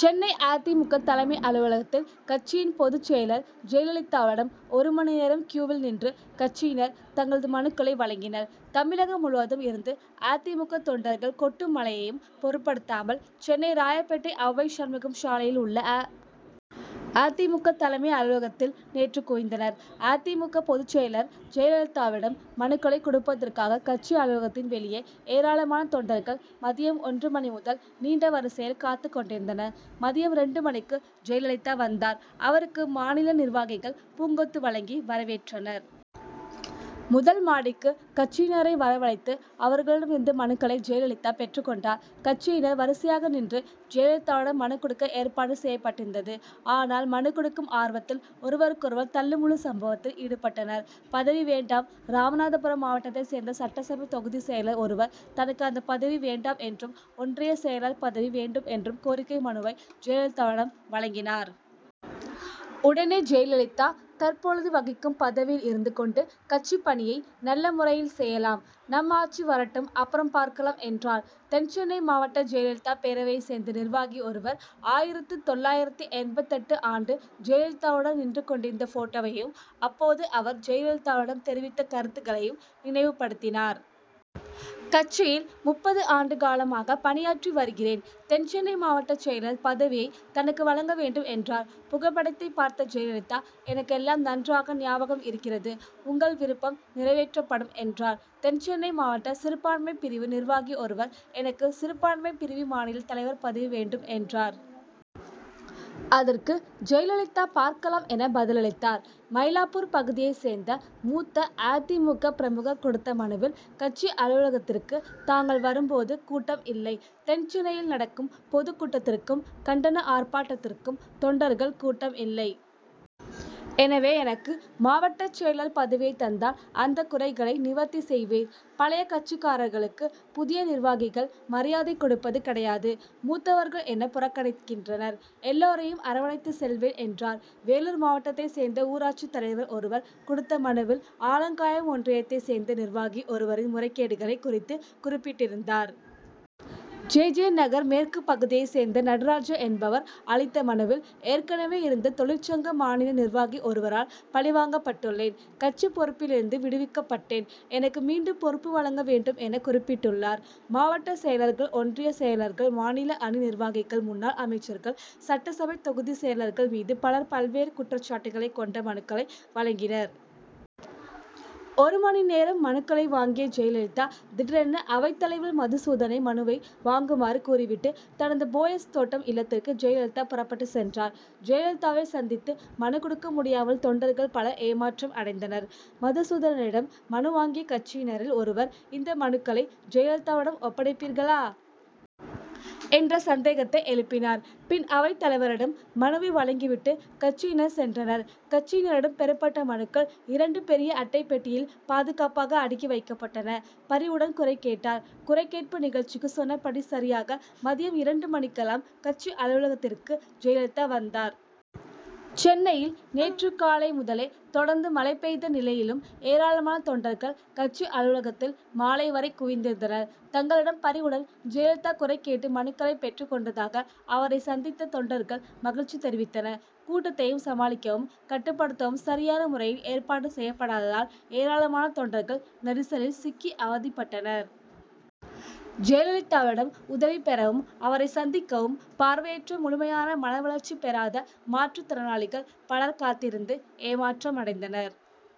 சென்னை அ. தி. மு. க. தலைமை அலுவலகத்தில் கட்சியின் பொதுச்செயலர் ஜெயலலிதாவிடம் ஒரு மணி நேரம் கியூவில் நின்று கட்சியினர் தங்களது மனுக்களை வழங்கினர். தமிழகம் முழுவதும் இருந்து அ. தி. மு. க. தொண்டர்கள் கொட்டும் மழையையும் பொருட்படுத்தாமல் சென்னை ராயப்பேட்டை அவ்வை சண்முகம் சாலையில் உள்ள அ. தி. மு. க. தலைமை அலுவலகத்தில் நேற்று குவிந்தனர். அ. தி. மு. பொதுச்செயலர் ஜெயலலிதாவிடம் மனுக்களை கொடுப்பதற்காக கட்சி அலுவலகத்தின் வெளியே ஏராளமான தொண்டர்கள் மதியம் ஒன்று மணி முதல் நீண்ட வரிசையில் காத்துக் கொண்டிருந்தனர். மதியம் இரண்டு மணிக்கு ஜெயலலிதா வந்தார். அவருக்கு மாநில நிர்வாகிகள் பூங்கொத்து வழங்கி வரவேற்றனர். முதல் மாடிக்கு கட்சியினரை வரவழைத்து அவர்களிடம் இருந்து மனுக்களை ஜெயலலிதா பெற்றுக் கொண்டார். கட்சியினர் வரிசையாக நின்று ஜெயலலிதாவிடம் மனு கொடுக்க ஏற்பாடு செய்யப்பட்டிருந்தது. ஆனால் மனு கொடுக்கும் ஆர்வத்தில் ஒருவருக்கொருவர் தள்ளு முள்ளு சம்பவத்தில் ஈடுபட்டனர். பதவி வேண்டாம் ராமநாதபுரம் மாவட்டத்தை சேர்ந்த சட்டசபை தொகுதி செயலர் ஒருவர் தனக்கு அந்த பதவி வேண்டாம் என்றும் ஒன்றிய செயலர் பதவி வேண்டும் என்ற கோரிக்கை மனுவை ஜெயலலிதாவிடம் வழங்கினார். உடனே ஜெயலலிதா தற்பொழுது வகிக்கும் பதவியில் இருந்து கொண்டு கட்சிப் பணியை நல்ல முறையில் செய்யலாம். நம் ஆட்சி வரட்டும் அப்புறம் பார்க்கலாம் என்றார். தென்சென்னை மாவட்ட ஜெயலலிதா பேரவையை சேர்ந்த நிர்வாகி ஒருவர் ஆயிரத்து தொள்ளாயிரத்து எண்பத்தெட்டு ஆண்டு ஜெயலலிதாவுடன் நின்றுக் கொண்டிருந்த போட்டோவையும் அப்போது அவர் ஜெயலலிதாவிடம் தெரிவித்த கருத்தைக்களையும் நினைவு படுத்தினார். கட்சியில் முப்பது ஆண்டு காலமாக பணியாற்றி வருகிறேன். தென் சென்னை மாவட்டச் செயலர் பதவியை தனக்கு வழங்க வேண்டும் என்றார். புகைப்படத்தை பார்த்த ஜெயலலிதா எனக்கு எல்லாம் நன்றாக ஞாபகம் இருக்கிறது. உங்கள் விருப்பம் நிறைவேற்றப்படும் என்றார். தென் சென்னை மாவட்ட சிறுபான்மை பிரிவு நிர்வாகி ஒருவர் எனக்கு சிறுபான்மை பிரிவு மாநில தலைவர் பதவி வேண்டும் என்றார். அதற்கு ஜெயலலிதா பார்க்கலாம் என பதிலளித்தார். மயிலாப்பூர் பகுதியை சேர்ந்த மூத்த அ. தி. மு. க. பிரமுகர் கொடுத்த மனுவில் கட்சி அலுவலகத்திற்கு தாங்கள் வரும் போது கூட்டம் இல்லை. தென் சென்னையில் நடக்கும் பொதுக்கூட்டத்திற்கும் கண்டன ஆர்ப்பாட்டத் திற்கும் தொண்டர்கள் கூட்டம் இல்லை. எனவே எனக்கு மாவட்டச் செயலர் பதவியை தந்தால் அந்த குறைகளை நிவர்த்தி செய்வேன். பழைய கட்சிக்காரர்களுக்கு புதிய நிர்வாகிகள் மரியாதை கொடுப்பது கிடையாது. மூத்தவர்கள் என புறக்கணிக்கின்றனர். எல்லோரையும் அரவணைத்துச் செல்வேன் என்றார். வேலூர் மாவட்டத் தைச் சேர்ந்த ஊராட்சி தலைவர் ஒருவர் கொடுத்த மனுவில் ஆலங்காயம் ஒன்றியத்தைச் சேர்ந்த நிர்வாகி ஒருவரின் முறைகேடுகளை குறித்து குறிப்பிட்டிருந்தார். ஜெ. ஜெ. நகர் மேற்கு பகுதியை சேர்ந்த நடராஜன் என்பவர் அளித்த மனுவில் ஏற்கனவே இருந்த தொழிற்சங்க மாநில நிர்வாகி ஒருவரால் பழிவாங்கப்பட்டுள்ளேன். கட்சி பொறுப்பிலிருந்து விடுவிக்கப்பட்டேன். எனக்கு மீண்டும் பொறுப்பு வழங்க வேண்டும் என குறிப்பிட்டுள்ளார். மாவட்டச் செயலர்கள் ஒன்றிய செலயர்கள் மாநில அணி நிர்வாகிகள் முன்னாள் அமைச்சர்கள் சட்டசபை தொகுதி செயலர்கள் மீது பலர் பல்வேறு குற்றச்சாட்டுகளை கொண்ட மனுக்களை வழங்கினர். ஒரு மணி நேரம் மனுக்களை வாங்கிய ஜெயலலிதா திடீரென அவைத்தலைவர் மதுசூதனை மனுவை வாங்குமாறு கூறிவிட்டு தனது போயஸ் தோட்டம் இல்லத்திற்கு ஜெயலலிதா புறப்பட்டு சென்றார். ஜெயலலிதாவை சந்தித்து மனு கொடுக்க முடியாமல் தொண்டர்கள் பலர் ஏமாற்றம் அடைந்தனர். மதுசூதனனிடம் மனு வழங்கிய கட்சியினரில் ஒருவர் இந்த மனுக்களை ஜெயலலிதாவிடம் ஒப்படைப்பீர்களா? என்ற சந்தேகத்தை எழுப்பினார். பின் அவைத்தலைவரிடம் மனுவை வழங்கி விட்டு கட்சியினர் சென்றனர். கட்சியினரிடம் பெறப்பட்ட மனுக்கள் இரண்டு பெரிய அட்டைப் பெட்டியில் பாதுகாப்பாக அடுக்கி வைக்கப்பட்டன. பரிவுடன் குறைகேட்டார்: குறை கேட்பு நிகழ்ச்சிக்கு சொன்னபடி சரியாக மதியம் இரண்டு மணிக்கெல்லாம் கட்சி அலுவலகத்திற்கு ஜெயலலிதா வந்தார். சென்னையில் நேற்று காலை முதலே தொடர்ந்து மழை பெய்த நிலையிலும் ஏராளமான தொண்டர்கள் கட்சி அலுவலகத்தில் மாலை வரை குவிந்திருந்தனர். தங்களிடம் பரிவுடன் ஜெயலலிதா குறை கேட்டு மனுக்களை பெற்றுக் கொண்டதாக அவரை சந்தித்த தொண்டர்கள் மகிழ்ச்சி தெரிவித்தனர். கூட்டத்தை சமாளிக்கவும் கட்டுப்படுத்தவும் சரியான முறையில் ஏற்பாடு செய்யப்படாததால் ஏராளமான தொண்டர்கள் நெரிசலில் சிக்கி அவதிப்பட்டனர். ஜெயலலிதாவிடம் உதவி பெறவும் அவரை சந்திக்கவும் பார்வையற்ற முழுமையான மனவளர்ச்சி பெறாத மாற்று திறனாளிகள் பலர் காத்திருந்து ஏமாற்றமடைந்தனர்.